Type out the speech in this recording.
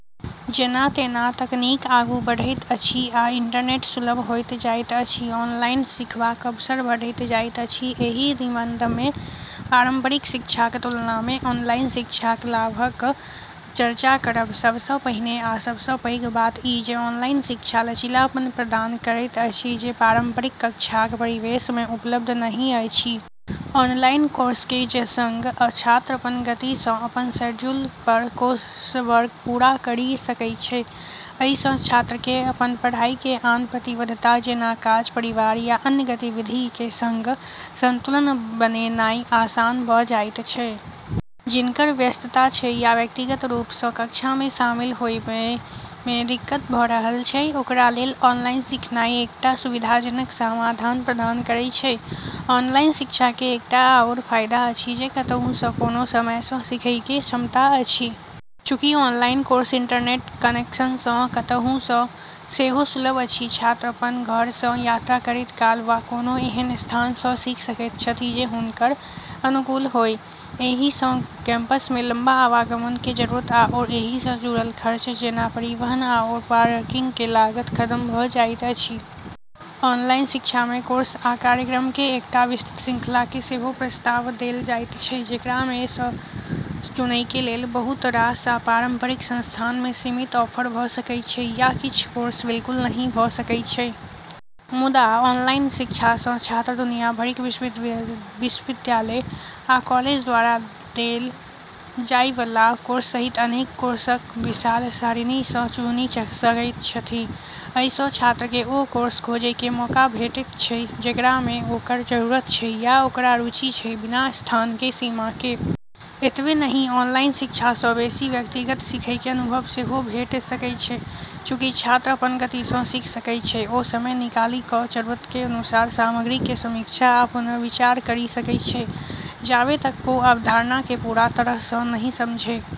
जेना-जेना तकनीक आगू बढ़ैत अछि आ इंटरनेट सुलभ होइत जाइत अछि, ऑनलाइन सिखबाक अवसर बढ़ैत जाइत अछि। एहि निबंधमे पारंपरिक शिक्षाक तुलनामे ऑनलाइन शिक्षाक लाभक चर्चा करब। सबसँ पहिने आ सबसँ पैघ बात ई जे ऑनलाइन शिक्षा लचीलापन प्रदान करैत अछि जे पारंपरिक कक्षाक परिवेशमे उपलब्ध नहि अछि। ऑनलाइन कोर्सके सङ्ग छात्र अपन गतिसँ, अपन शेड्यूल पर कोर्सवर्क पूरा करि सकै छै। अइसँ छात्रके अपन पढ़ाइके आन प्रतिबद्धता, जेना काज, परिवार या अन्य गतिविधिके सङ्ग संतुलन बनेनाइ आसान भ' जाइत छै। जिनकर व्यस्तता छै या व्यक्तिगत रूपसँ कक्षामे शामिल होबइमे दिक्कत भ' रहल छै, ओकरा लेल ऑनलाइन सीखनाइ एकटा सुविधाजनक समाधान प्रदान करै छै। ऑनलाइन शिक्षाके एकटा आओर फायदा अछि जे कतहुसँ, कोनो समयसँ सिखैके क्षमता अछि। चूँकि ऑनलाइन कोर्स इंटरनेट कनेक्शनसँ कतहुसँ सेहो सुलभ अछि, छात्र अपन घरसँ, यात्रा करैत काल, वा कोनो एहन स्थानसँ सीख सकैत छथि जे हुनकर अनुकूल होइ। एहिसँ कैंपसमे लंबा आवागमनके जरूरत आओर एहिसँ जुड़ल खर्च जेना परिवहन आओर पार्किंगके लागत खतम भ' जाइत अछि। ऑनलाइन शिक्षामे कोर्स आ कार्यक्रमके एकटा विस्तृत श्रृंखलाके सेहो प्रस्ताव देल जाइत छै, जेकरामे सँ चुनैके लेल। बहुत रास पारंपरिक संस्थानमे सीमित ऑफर भ' सकै छै या किछ कोर्स बिल्कुल नहि भ' सकै छै। मुदा, ऑनलाइन शिक्षासँ छात्र दुनिया भरिक विश्वविद्यालय आ कॉलेज द्वारा देल जाइबला कोर्स सहित अनेक कोर्सक विशाल सारिणीसँ चुनि सकैत छथि। अइसँ छात्रके ओ कोर्स खोजैके मौका भेटैत छै, जेकरामे ओकर जरूरत छै या ओकरा रुचि छै, बिना स्थानके सीमाके। एतबे नहि ऑनलाइन शिक्षासँ बेशी व्यक्तिगत सिखैके अनुभव सेहो भेट सकै छै। चूँकि छात्र अपन गतिसँ सिख सकै छै, ओ समय निकालि क' जरूरतके अनुसार सामग्रीके समीक्षा आ पुनर्विचार करि सकै छै, जाबे तक ओ अवधारणाके पूरा तरहसँ नहि समझइ ।